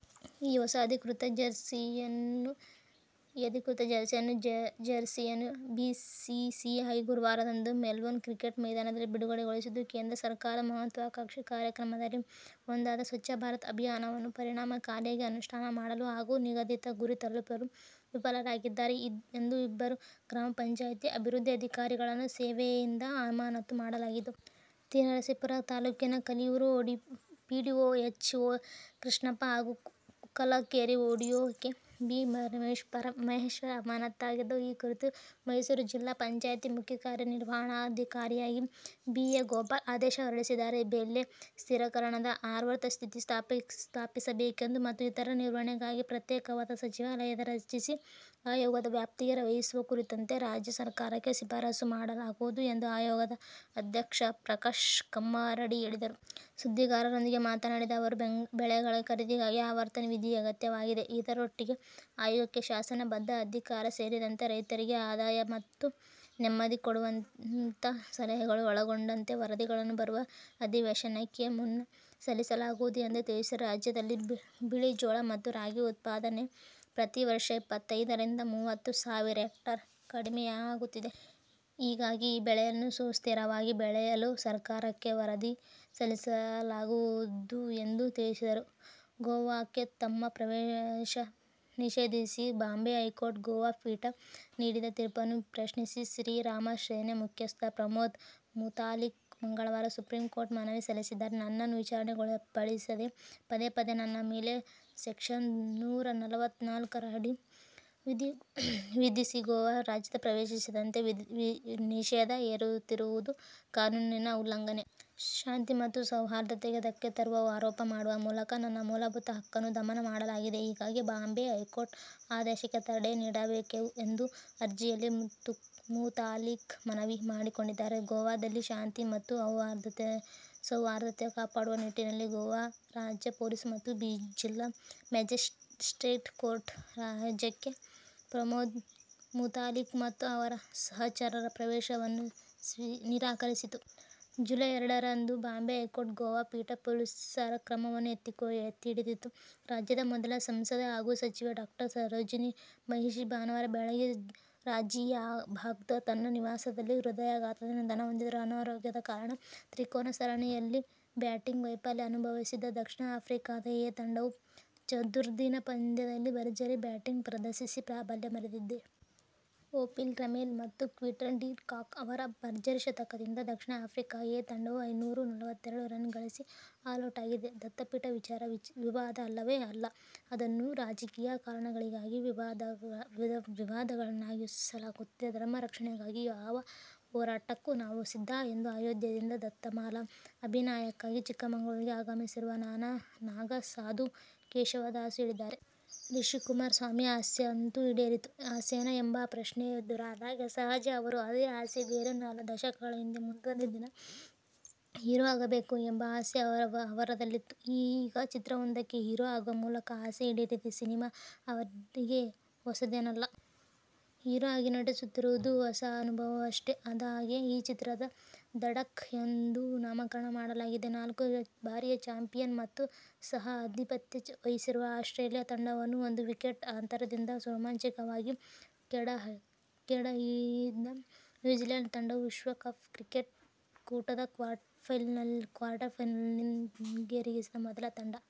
ಈ ಹೊಸ ಅಧಿಕೃತ ಜೆರ್ಸಿಯನ್ನು ಬಿಸಿಸಿಐ ಗುರುವಾರದಂದು ಮೆಲ್ಬೊರ್ನ್ ಕ್ರಿಕೆಟ್ ಮೈದಾನದಲ್ಲಿ ಬಿಡುಗಡೆಗೊಳಿಸಿತು. ಕೇಂದ್ರ ಸರ್ಕಾರದ ಮಹತ್ವಾಕಾಂಕ್ಷಿ ಕಾರ್ಯಕ್ರಮಗಳಲ್ಲಿ ಒಂದಾದ "ಸ್ವಚ್ಛ ಭಾರತ' ಅಭಿಯಾನವನ್ನು ಪರಿಣಾಮಕಾರಿಯಾಗಿ ಅನುಷ್ಠಾನ ಮಾಡಲು ಹಾಗೂ ನಿಗದಿತ ಗುರಿ ತಲುಪಲು ವಿಫಲರಾಗಿದ್ದಾರೆ ಎಂದು ಇಬ್ಬರು ಗ್ರಾಮ ಪಂಚಾಯಿತಿ ಅಭಿವೃದ್ಧಿ ಅಧಿಕಾರಿಗಳನ್ನು ಸೇವೆಯಿಂದ ಅಮಾನತು ಮಾಡಲಾಗಿದೆ. ತಿ.ನರಸೀಪುರ ತಾಲೂಕಿನ Kaliyur PDO H. M. Krishnappa ಹಾಗೂ Ukkalagere PDO K. B. Mahesh ಅಮಾನತಾದವರು. ಈ ಕುರಿತು ಮೈಸೂರು ಜಿಲ್ಲಾ ಪಂಚಾಯಿತಿ ಮುಖ್ಯ ಕಾರ್ಯನಿರ್ವಹಣಾಧಿಕಾರಿ ಪಿ.ಎ.ಗೋಪಾಲ್ ಆದೇಶ ಹೊರಡಿಸಿದ್ದಾರೆ. ಬೆಲೆ ಸ್ಥಿರೀಕರಣದ ಆವರ್ತ ನಿಧಿ ಸ್ಥಾಪಿಸಬೇಕು ಮತ್ತು ಇದರ ನಿರ್ವಹಣೆಗಾಗಿ ಪ್ರತ್ಯೇಕವಾದ ಸಚಿವಾಲಯ ರಚಿಸಿ ಆಯೋಗದ ವ್ಯಾಪ್ತಿಗೆ ವಹಿಸುವ ಕುರಿತಂತೆ ರಾಜ್ಯ ಸರ್ಕಾರಕ್ಕೆ ಶಿಫಾರಸು ಮಾಡಲಾಗುವುದು ಎಂದು ಆಯೋಗದ ಅಧ್ಯಕ್ಷ ಪ್ರಕಾಶ ಕಮ್ಮರಡಿ ಹೇಳಿದರು. ಸುದ್ದಿಗಾರರೊಂದಿಗೆ ಮಾತನಾಡಿದ ಅವರು, ಬೆಳೆಗಳ ಖರೀದಿಗಾಗಿ ಆವರ್ತ ನಿಧಿ ಅಗತ್ಯವಾಗಿದೆ. ಇದರೊಟ್ಟಿಗೆ ಆಯೋಗಕ್ಕೆ ಶಾಸನ ಬದ್ಧ ಅಧಿಕಾರ ಸೇರಿದಂತೆ ರೈತರಿಗೆ ಆದಾಯ ಮತ್ತು ನೆಮ್ಮದಿ ಕೊಡುವಂಥ ಸಲಹೆಗಳು ಒಳಗೊಂಡಂತೆ ವರದಿಯನ್ನು ಬರುವ ಅಧಿವೇಶನಕ್ಕೂ ಮುನ್ನ ಸಲ್ಲಿಸಲಾಗುವುದು ಎಂದು ತಿಳಿಸಿದರು. ರಾಜ್ಯದಲ್ಲಿ ಬಿಳಿ ಜೋಳ ಮತ್ತು ರಾಗಿ ಉತ್ಪಾದನೆ ಪ್ರತಿ ವರ್ಷ ಇಪ್ಪತ್ತೈದರಿಂದ ಮೂವತ್ತು ಸಾವಿರ ಹೆಕ್ಟೇರ್ ಕಡಿಮೆಯಾಗುತ್ತಿದೆ. ಹೀಗಾಗಿ ಈ ಬೆಳೆಯನ್ನು ಸುಸ್ಥಿರವಾಗಿ ಬೆಳೆಯಲು ಸರ್ಕಾರಕ್ಕೆ ವರದಿ ಸಲ್ಲಿಸಲಾಗುವುದು ಎಂದು ತಿಳಿಸಿದರು. ಗೋವಾಕ್ಕೆ ತಮ್ಮ ಪ್ರವೇಶ ನಿಷೇಧಿಸಿ ಬಾಂಬೆ ಹೈಕೋರ್ಟ್ನ ಗೋವಾ ಪೀಠ ನೀಡಿದ್ದ ತೀರ್ಪನ್ನು ಪ್ರಶ್ನಿಸಿ ಶ್ರೀರಾಮ ಸೇನೆ ಮುಖ್ಯಸ್ಥ ಪ್ರಮೋದ್ ಮುತಾಲಿಕ್ ಮಂಗಳವಾರ ಸುಪ್ರೀಂ ಕೋರ್ಟ್ಗೆ ಮನವಿ ಸಲ್ಲಿಸಿದ್ದಾರೆ. ನನ್ನನ್ನು ವಿಚಾರಣೆಗೊಳಪಡಿಸದೇ ಪದೇ ಪದೇ ನನ್ನ ಮೇಲೆ ಸೆಕ್ಷನ್ ನೂರ ನಲವತ್ನಾಲ್ಕರ ಅಡಿ ವಿಧಿಸಿ ಗೋವಾ ರಾಜ್ಯ ಪ್ರವೇಶಿಸದಂತೆ ನಿಷೇಧ ಹೇರುತ್ತಿರುವುದು ಕಾನೂನಿನ ಉಲ್ಲಂಘನೆ. ಶಾಂತಿ ಮತ್ತು ಸೌಹಾರ್ಧತೆಗೆ ಧಕ್ಕೆ ತರುವ ಆರೋಪ ಮಾಡುವ ಮೂಲಕ ನನ್ನ ಮೂಲಭೂತ ಹಕ್ಕನ್ನು ದಮನ ಮಾಡಲಾಗಿದೆ. ಹೀಗಾಗಿ ಬಾಂಬೆ ಹೈಕೋರ್ಟ್ನ ಆದೇಶಕ್ಕೆ ತಡೆ ನೀಡಬೇಕು ಎಂದು ಅರ್ಜಿಯಲ್ಲಿ ಮುತಾಲಿಕ್ ಮನವಿ ಮಾಡಿಕೊಂಡಿದ್ದಾರೆ. ಗೋವಾದಲ್ಲಿ ಶಾಂತಿ ಮತ್ತು ಸೌಹಾರ್ದತೆ ಕಾಪಾಡುವ ನಿಟ್ಟಿನಲ್ಲಿ ಗೋವಾ ರಾಜ್ಯ ಪೊಲೀಸ್ ಮತ್ತು ಜಿಲ್ಲಾ ಮ್ಯಾಜಿಸ್ಟ್ರೇಟ್ ಕೋರ್ಟ್ ರಾಜ್ಯಕ್ಕೆ ಪ್ರಮೋದ್ ಮುತಾಲಿಕ್ ಮತ್ತು ಅವರ ಸಹಚರರ ಪ್ರವೇಶವನ್ನು ನಿರಾಕರಿಸಿತ್ತು. ಜುಲೈ ಎರಡರಂದು ಬಾಂಬೆ ಹೈಕೋರ್ಟ್ನ ಗೋವಾ ಪೀಠ ಪೊಲೀಸರ ಕ್ರಮವನ್ನು ಎತ್ತಿಹಿಡಿದಿತ್ತು. ರಾಜ್ಯದ ಮೊದಲ ಸಂಸದೆ ಹಾಗೂ ಸಚಿವೆ ಡಾ. ಸರೋಜಿನಿ ಮಹಿಷಿ ಭಾನುವಾರ ಬೆಳಿಗ್ಗೆ ಗಾಜಿಯಾಬಾದ್ನ ತಮ್ಮ ನಿವಾಸದಲ್ಲಿ ಹೃದಯಾಘಾತದಿಂದ ನಿಧನರಾದರು. ಅನಾರೋಗ್ಯದ ಕಾರಣ ತ್ರಿಕೋನ ಸರಣಿಯಲ್ಲಿ ಬ್ಯಾಟಿಂಗ್ ವೈಫಲ್ಯ ಅನುಭವಿಸಿದ್ದ ದಕ್ಷಿಣ ಆಫ್ರಿಕಾ "ಎ' ತಂಡವು ಚತುರ್ದಿನ ಪಂದ್ಯದಲ್ಲಿ ಭರ್ಜರಿ ಬ್ಯಾಟಿಂಗ್ ಪ್ರದರ್ಶಿಸಿ ಪ್ರಾಬಲ್ಯ ಮೆರೆದಿದೆ. ಒಂಪಿಲ್ ರಮೆಲ ಮತ್ತು ಕ್ವಿಂಟನ್ ಡಿ ಕಾಕ್ ಅವರ ಭರ್ಜರಿ ಶತಕದಿಂದಾಗಿ ದಕ್ಷಿಣ ಆಫ್ರಿಕಾ "ಎ' ತಂಡವು ಐನೂರ ನಲವತ್ತೆರಡು ರನ್ ಗಳಿಸಿ ಆಲೌಟಾಗಿದೆ. ದತ್ತಪೀಠ ವಿಚಾರ ವಿವಾದ ಅಲ್ಲವೇ ಅಲ್ಲ. ಅದನ್ನು ರಾಜಕೀಯ ಕಾರಣಗಳಿಗಾಗಿ ವಿವಾದವನ್ನಾಗಿಸಲಾಗುತ್ತಿದೆ. ಧರ್ಮ ರಕ್ಷಣೆಗಾಗಿ ಯಾವ ಹೋರಾಟಕ್ಕೂ ನಾವು ಸಿದ್ಧ ಎಂದು ಅಯೋಧ್ಯೆಯಿಂದ ದತ್ತಮಾಲಾ ಅಭಿಯಾನಕ್ಕಾಗಿ ಚಿಕ್ಕಮಗಳೂರಿಗೆ ಆಗಮಿಸಿರುವ ನಾಗಾ ಸಾಧು ಕೇಶವದಾಸು ಹೇಳಿದ್ದಾರೆ. ರಿಷಿಕುಮಾರ ಸ್ವಾಮಿ ಆಸೆ ಅಂತೂ ಈಡೇರಿದೆ. ಆಸೆನಾ ಎಂಬ ಪ್ರಶ್ನೆ ಎದುರಾಗೋದು ಸಹಜ. ಅವರ ಆ ಆಸೆ ಬೇರೇನೂ ಅಲ್ಲ, ದಶಕಗಳ ಹಿಂದೆ, ಮುಂದೊಂದು ದಿನ ಹೀರೋ ಆಗಬೇಕು ಎಂಬ ಆಸೆ ಅವರಲ್ಲಿತ್ತು. ಈಗ ಚಿತ್ರವೊಂದಕ್ಕೆ ಹೀರೋ ಆಗುವ ಮೂಲಕ ಆ ಆಸೆ ಈಡೇರಿದೆ. ಸಿನಿಮಾ ಅವರಿಗೆ ಹೊಸದೇನಲ್ಲ. ಹೀರೋ ಆಗಿ ನಟಿಸುತ್ತಿರುವುದು ಹೊಸ ಅನುಭವವಷ್ಟೇ. ಅಂದಹಾಗೆ, ಆ ಚಿತ್ರಕ್ಕೆ "ದಂಢಕ' ಎಂದು ನಾಮಕರಣ ಮಾಡಲಾಗಿದೆ. ನಾಲ್ಕು ಬಾರಿಯ ಚಾಂಪಿಯನ್ ಮತ್ತು ಸಹ ಆತಿಥ್ಯ ವಹಿಸಿರುವ ಆಸ್ಟ್ರೇಲಿಯ ತಂಡವನ್ನು ಒಂದು ವಿಕೆಟ್ ಅಂತರದಿಂದ ರೋಮಾಂಚಕವಾಗಿ ಕೆಡಹಿದ ನ್ಯೂಜಿಲ್ಯಾಂಡ್ ತಂಡವು ವಿಶ್ವ ಕಪ್ ಕ್ರಿಕೆಟ್ ಕೂಟದ ಕ್ವಾರ್ಟರ್ಫೈನಲಿಗೇರಿದ ಮೊದಲ ತಂಡ.